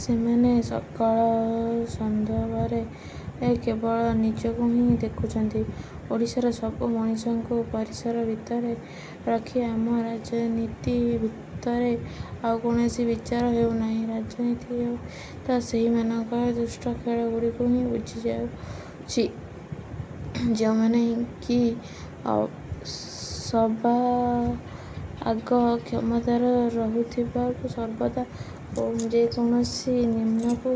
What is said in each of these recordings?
ସେମାନେ ସକଳ ସନ୍ଦର୍ଭରେ, କେବଳ ନିଜକୁ ହିଁ ଦେଖୁଛନ୍ତି। ଓଡ଼ିଶାର ସବୁ ମଣିଷଙ୍କୁ ପରିସର ଭିତରେ ରଖି ଆମ ରାଜନୀତି ଭିତରେ ଆଉ କୌଣସି ବିଚାର ହେଉନାହିଁ। ରାଜନୀତି ତ ସେହିମାନଙ୍କର ଦୁଷ୍ଟ ଖେଳଗୁଡ଼ାକୁ ହିଁ ବୁଝାଉଛି, ଯେଉଁମାନେ କି ସବାଆଗ କ୍ଷମତାରେ ରହିବାକୁ ସର୍ବଦା ଯେକୌଣସି ନିମ୍ନକୁ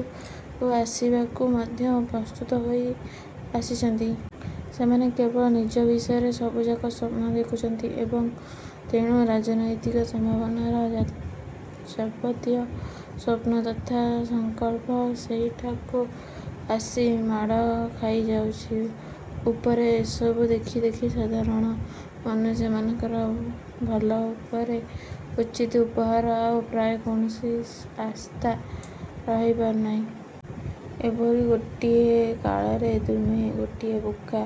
ଆସିବାକୁ ମଧ୍ୟ ପ୍ରସ୍ତୁତ ହୋଇ ଆସିଛନ୍ତି। ସେମାନେ କେବଳ ନିଜ ବିଷୟରେ ସବୁଯାକ ସ୍ଵପ୍ନ ଦେଖୁଛନ୍ତି ଏବଂ ତେଣୁ ରାଜନୀତିକ ସମ୍ଭାବନାର ଯାବତୀୟ ସ୍ୱପ୍ନ ତଥା ସଂକଳ୍ପ ସେହିଠାକୁ ଆସି ମାଡ଼ ଖାଇଯାଉଛି। ଉପରେ ଏସବୁ ଦେଖି ଦେଖି ସାଧାରଣ ମନୁଷ୍ୟମାନଙ୍କର ଭଲ ଉପରେ, ଉଚିତ ଉପହାର ଆଉ ପ୍ରାୟ କୌଣସି ଆସ୍ଥା ରହିପାରୁନାହିଁ। ଏଭଳି ଗୋଟିଏ କାଳରେ ତୁମେ ଗୋଟିଏ ବୋକା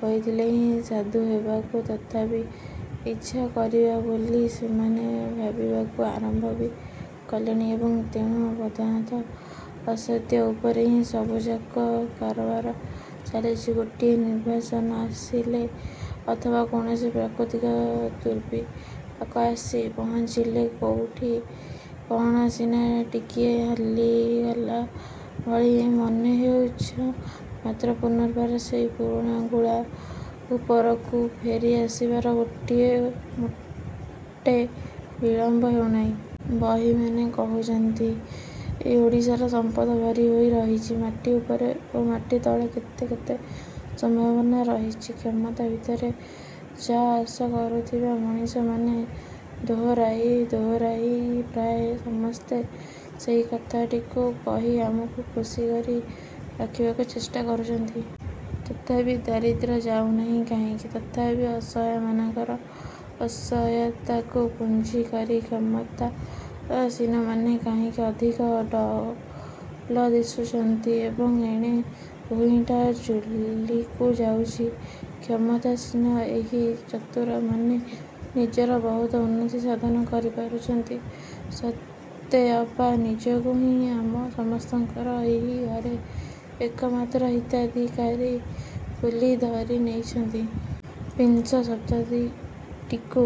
ହୋଇଥିଲେ ହିଁ ସାଧୁ ହେବାକୁ ତଥାପି ଇଚ୍ଛା କରିବ ବୋଲି ସେମାନେ ଭାବିବାକୁ ଆରମ୍ଭ ବି କଲେଣି ଏବଂ ତେଣୁ ପ୍ରଧାନତଃ ଅସତ୍ୟ ଉପରେ ହିଁ ସବୁଯାକ କାରବାର ଚାଲିଛି। ଗୋଟାଏ ନିର୍ବାଚନ ଆସିଲେ ଅଥବା କୌଣସି ପ୍ରାକୃତିକ ଦୁର୍ବିପାକ ଆସି ପହଂଚିଲେ ,କୋଉଠି କ'ଣ ସିନା ଟିକିଏ ହଲିଗଲା ଭଳି ମନେ ହେଉଛ ମାତ୍ର ପୁନର୍ବାର ସେହି ପୁରୁଣା ଗୁଳା ଉପରକୁ ଫେରିଆସିବାରେ ଗୋଟିଏ ମୋଟେ ବିଳମ୍ବ ହେଉନାହିଁ। ବହିମାନେ କହୁଛନ୍ତି ଏ ଓଡ଼ିଶାରେ ସମ୍ପଦ ଭରି ହୋଇ ରହିଛି। ମାଟି ଉପରେ ଓ ମାଟି ତଳେ କେତେ କେତେ ସମ୍ଭାବନା ରହିଛି। କ୍ଷମତା ଭିତରେ ଯାଆଆସ କରୁଥିବା ମଣିଷମାନେ ଦୋହରାଇ ଦୋହରାଇ ପ୍ରାୟ ସମସ୍ତେ ସେହି କଥାଟିକୁ କହି ଆମକୁ ଖୁସି କରି ରଖିବାକୁ ଚେଷ୍ଟା କରୁଛନ୍ତି। ତଥାପି ଦାରିଦ୍ର୍ୟ ଯାଉନାହିଁ କାହିଁକି? ତଥାପି ଅସହାୟମାନଙ୍କର ଅସହାୟତାକୁ ପୁଞ୍ଜି କରି କ୍ଷମତାସୀନମାନେ କାହିଁକି ଅଧିକ ଡ଼ଉଲ ଦିଶୁଛନ୍ତି ଏବଂ ଏଣେ ଭୂଇଁଟା ଚୂଲିକୁ ଯାଉଛି? କ୍ଷମତାସୀନ ଏହି ଚତୁରମାନେ ନିଜର ବହୁତ ଉନ୍ନତି ସାଧନ କରିପାରିଛନ୍ତି। ସତେଅବା ନିଜକୁ ହିଁ ଆମ ସମସ୍ତଙ୍କର ଏହି ଘରେ ଏକମାତ୍ର ହିତାଧିକାରୀ ବୋଲି ଧରି ନେଇଛନ୍ତି। ବିଂଶ ଶତାବ୍ଦୀଟିକୁ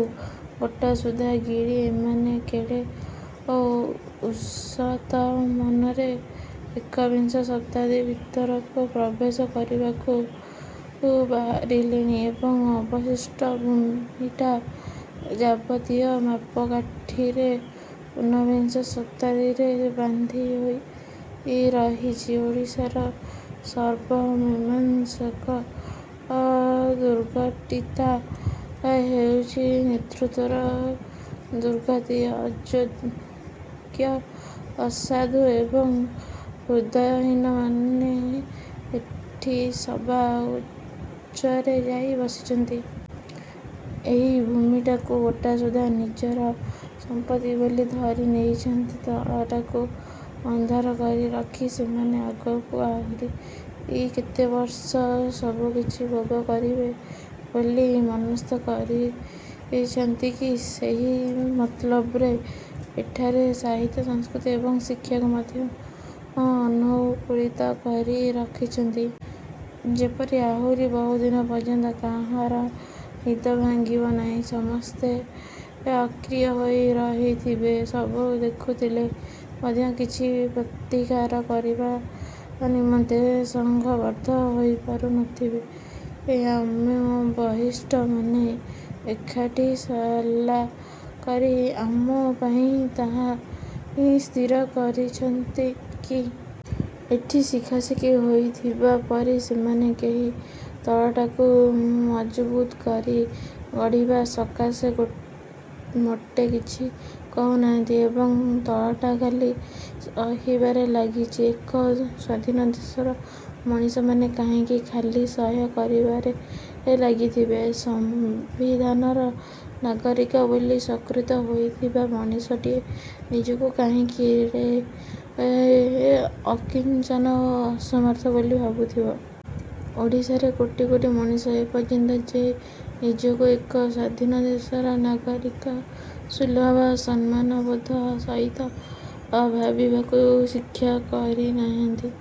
ଗୋଟାସୁଦ୍ଧା ଗିଳି ଏମାନେ କେଡ଼େ ଉଷତମନରେ ଏକବିଂଶ ଶତାବ୍ଦୀ ଭିତରକୁ ପ୍ରବେଶ କରିବାକୁ ବାହାରିଲେଣି। ଏବଂ ଅବଶିଷ୍ଟ ଭୂମିଟା। ଯାବତୀୟ ମାପକାଠିରେ ଊନବିଂଶ ଶତାବ୍ଦୀରେ ବାନ୍ଧି ହୋଇ ରହିଛି। ଓଡ଼ିଶାର ସର୍ବମୀମାଂସକ ଦୁର୍ଗତିଟା ହେଉଛି ନେତୃତ୍ୱର ଦୁର୍ଗତି। ଅଯୋଗ୍ୟ, ଅସାଧୁ ଏବଂ ହୃଦୟହୀନମାନେ ଏଠି ସବା ଉଚ୍ଚରେ ଯାଇ ବସିଛନ୍ତି। ଏହି ଭୂମିଟାକୁ ଗୋଟାସୁଦ୍ଧା ନିଜର ସମ୍ପତ୍ତି ବୋଲି ଧରି ନେଇଛନ୍ତି। ତଳଟାକୁ ଅନ୍ଧାର କରି ରଖି ସେମାନେ ଆଗକୁ ଆହୁରି ଏଇ କେତେ ବର୍ଷ ସବୁକିଛି ଭୋଗ କରିବେ ବୋଲି ମନସ୍ଥ କରିଛନ୍ତି କି? ସେହି ମତଲବରେ ଏଠାରେ ସାହିତ୍ୟ, ସଂସ୍କୃତି ଏବଂ ଶିକ୍ଷାକୁ ମଧ୍ୟ ଅନୁକୂଳିତ କରି ରଖିଛନ୍ତି। ଯେପରି ଆହୁରି ବହୁଦିନ ପର୍ଯ୍ୟନ୍ତ କାହାରି ନିଦ ଭାଙ୍ଗିବ ନାହିଁ, ସମସ୍ତେ ଅକ୍ରିୟ ହୋଇ ରହିଥିବେ, ସବୁ ଦେଖୁଥଲେ ମଧ୍ୟ କିଛି ପ୍ରତିକାର କରିବା ନିମନ୍ତେ ସଂଘବଦ୍ଧ ହୋଇପାରୁ ନଥିବେ। ଆମ ବରିଷ୍ଠମାନେ ଏକାଠି ସଲା କରି ଆମ ପାଇଁ ତାହା ହିଁ ସ୍ଥିର କରିଛନ୍ତି କି? ଏଠି ଶିଖାଶିଖି ହୋଇଥିବା ପରି ସେମାନେ କେହି ତଳଟାକୁ ମଜବୁତ କରି ଗଢ଼ିବା ସକାଶେ ମୋଟେ କିଛି କହୁନାହାନ୍ତି ଏବଂ, ତଳଟା ଖାଲି ସହିବାରେ ଲାଗିଛି। ଏକ ସ୍ୱାଧୀନ ଦେଶର ମଣିଷମାନେ କାହିଁକି ଖାଲି ସହ୍ୟ କରିବାରେ ଲାଗିଥିବେ? ସଂବିଧାନରେ ନାଗରିକ ବୋଲି ସ୍ଵକୃତ ହେଉଥିବା ମଣିଷଟିଏ ନିଜକୁ କାହିଁକି ଏଡ଼େ ଅକିଂଚନ ଓ ଅସମର୍ଥ ବୋଲି ଭାବୁଥିବ? ଓଡ଼ିଶାରେ କୋଟି କୋଟି ମଣିଷ ଏପର୍ଯ୍ୟନ୍ତ ଯେ ନିଜକୁ ଏକ ସ୍ୱାଧୀନ ଦେଶର ନାଗରିକସୁଲଭ ସମ୍ମାନବୋଧ ସହିତ ଭାବିବାକୁ ଶିକ୍ଷା କରିନାହାନ୍ତି।